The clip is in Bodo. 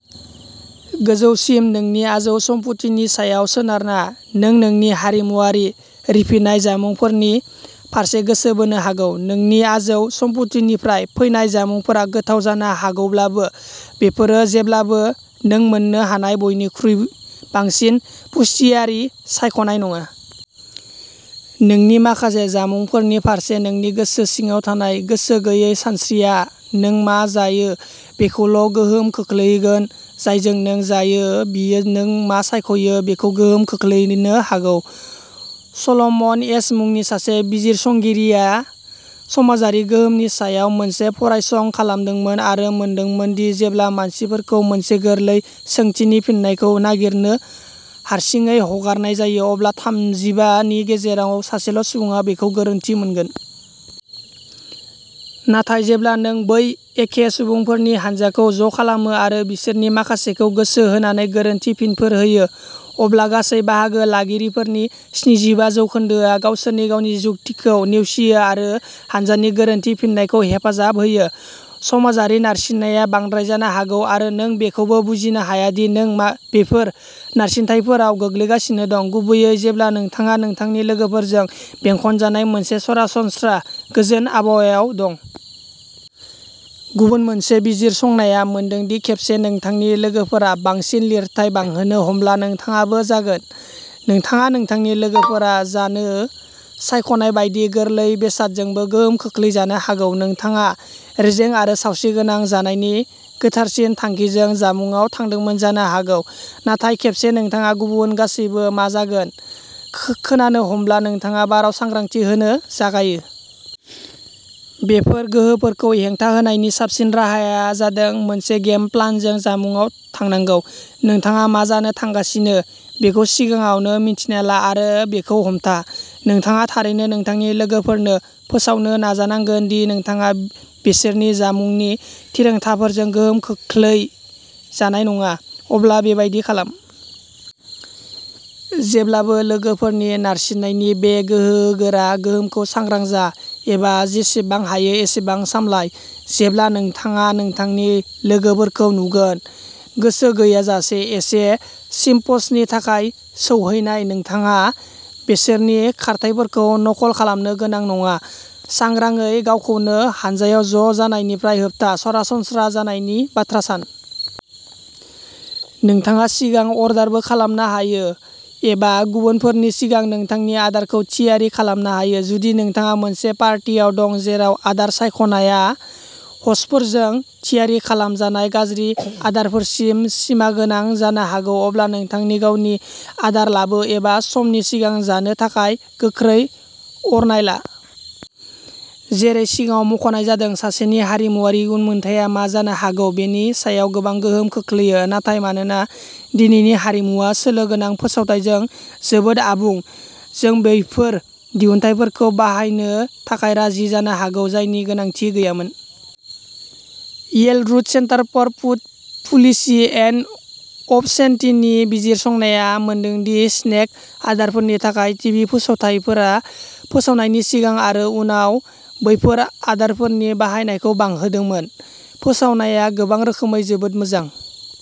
गोजौसिम नोंनि आजौ सम्फुथिनि सायाव सोनारना, नों नोंनि हारिमुआरि रिफिनाय जामुंफोरनि फारसे गोसो बोनो हागौ। नोंनि आजौ सम्फुथिनिफ्राय फैनाय जामुंफोरा गोथाव जानो हागौब्लाबो, बेफोर जेब्लाबो नों मोननो हानाय बयनिख्रुइ बांसिन पुष्टियारि सायख'नाय नङा। नोंनि माखासे जामुंफोरनि फारसे नोंनि गोसो सिङाव थानाय गोसो गैयै सानस्रिया नों मा जायो बेखौल'गोहोम खोख्लैगोन जायजों नों जायो बियो नों मा सायख'यो बेखौ गोहोम खोख्लैनो हागौ। सल'मन एश मुंनि सासे बिजिरसंगिरिआ समाजारि गोहोमनि सायाव मोनसे फरायसं खालामदोंमोन आरो मोनदोंमोन दि जेब्ला मानसिफोरखौ मोनसे गोरलै सोंथिनि फिननायखौ नागिरनो हारसिङै हगारनाय जायो, अब्ला थामजिबा नि गेजेराव सासेल' सुबुङा बेखौ गोरोन्थि मोनगोन। नाथाय जेब्ला नों बै एखे सुबुंफोरनि हानजाखौ ज'खालामो आरो बिसोरनि माखासेखौ गोसो होनानै गोरोन्थि फिनफोर होयो, अब्ला गासै बाहागो लागिरिफोरनि स्निजिबा जौखोनदोआ गावसोरनि गावनि जुक्तिखौ नेवसियो आरो हान्जानि गोरोन्थि फिननायखौ हेफाजाब होयो। समाजारि नारसिननाया बांद्राय जानो हागौ, आरो नों बेखौबो बुजिनो हाया दि नों मा बेफोर नारसिनथायफोराव गोग्लैगासिनो दं, गुबैयै जेब्ला नोंथाङा नोंथांनि लोगोफोरजों बेंखनजानाय मोनसे सरासनस्रा, गोजोन आबहावायाव दं। गुबुन मोनसे बिजिरसंनाया मोनदों दि खेबसे नोंथांनि लोगोफोरा बांसिन लिरथाय बांहोनो हमब्ला, नोंथाङाबो जागोन। नोंथाङा नोंथांनि लोगोफोरा जानो सायख'नाय बायदि गोरलै बेसादजोंबो गोहोम खोख्लैजानो हागौ। नोंथाङा रेजें आरो सावस्रिगोनां जानायनि गोथारसिन थांखिजों जामुंआव थांदोंमोन जानो हागौ, नाथाय खेबसे नोंथाङा गुबुन गासैबो मा जागोन खो खोनानो हमब्ला, नोंथाङा बाराव सांग्रांथि होनो जागायो। बेफोर गोहोफोरखौ हेंथा होनायनि साबसिन राहाया जादों मोनसे गेम प्लानजों जामुंआव थांनांगौ। नोंथाङा मा जानो थांगासिनो बेखौ सिगाङावनो मिन्थिना ला, आरो बेखौ हमथा। नोंथाङा थारैनो नोंथांनि लोगोफोरनो फोसावनो नाजानांगोन दि नोंथाङा बिसोरनि जामुंनि थिरांथाफोरजों गोहोम खोख्लै जानाय नङा, अब्ला बेबादि खालाम। जेब्लाबो लोगोफोरनि नारसिननायनि बे गोहोगोरा गोहोमखौ सांग्रां जा, एबा जेसेबां हायो एसेबां सामलाय। जेब्ला नोंथाङा नोंथांनि लोगोफोरखौ नुगोन। गोसो गैयाजासे एसे चिप्सनि थाखाय सौहैनाय, नोंथाङा बिसोरनि खारथाइफोरखौ नखल खालामनो गोनां नङा। सांग्रांयै गावखौनो हानजायाव ज' जानायनिफ्राय होबथा सरासनस्रा जानायनि बाथ्रा सान। नोंथाङा सिगां अर्डारबो खालामनो हायो, एबा गुबुनफोरनि सिगां नोंथांनि आदारखौ थियारि खालामनो हायो। जुदि नोंथाङा मोनसे पार्टियाव दं जेराव आदार सायख'नायआ ह'स्टफोरजों थियारि खालामजानाय गाज्रि आदारफोरसिम सिमागोनां जानो हागौ अब्ला नोंथांनि गावनि आदार लाबो एबा समनि सिगां जानो थाखाय गोख्रै अरनाय ला। जेरै सिगाङाव मख'नाय जादों सासेनि हारिमुआरि उनमोनथाइया मा जानो हागौ बेनि सायाव गोबां गोहोम खोख्लैयो। नाथाय मानोना दिनैनि हारिमुआ सोलो गोनां फोसावथाइजों जोबोद आबुं, जों बैफोर दिहुनथायफोरखौ बाहायनो थाखाय राजि जानो हागौ जायनि गोनांथि गैयामोन। Yale Rudd Center for Food Policy and अब'सेटिनि बिजिरसंनाया मोनदों दि स्नेक आदारफोरनि थाखाय टिभि फोसावथायफोरा फोसावनायनि सिगां आरो उनाव बैफोर आदारफोरनि बाहायनायखौ बांहोदोंमोन। फोसावनाया गोबां रोखोमै जोबोद मोजां।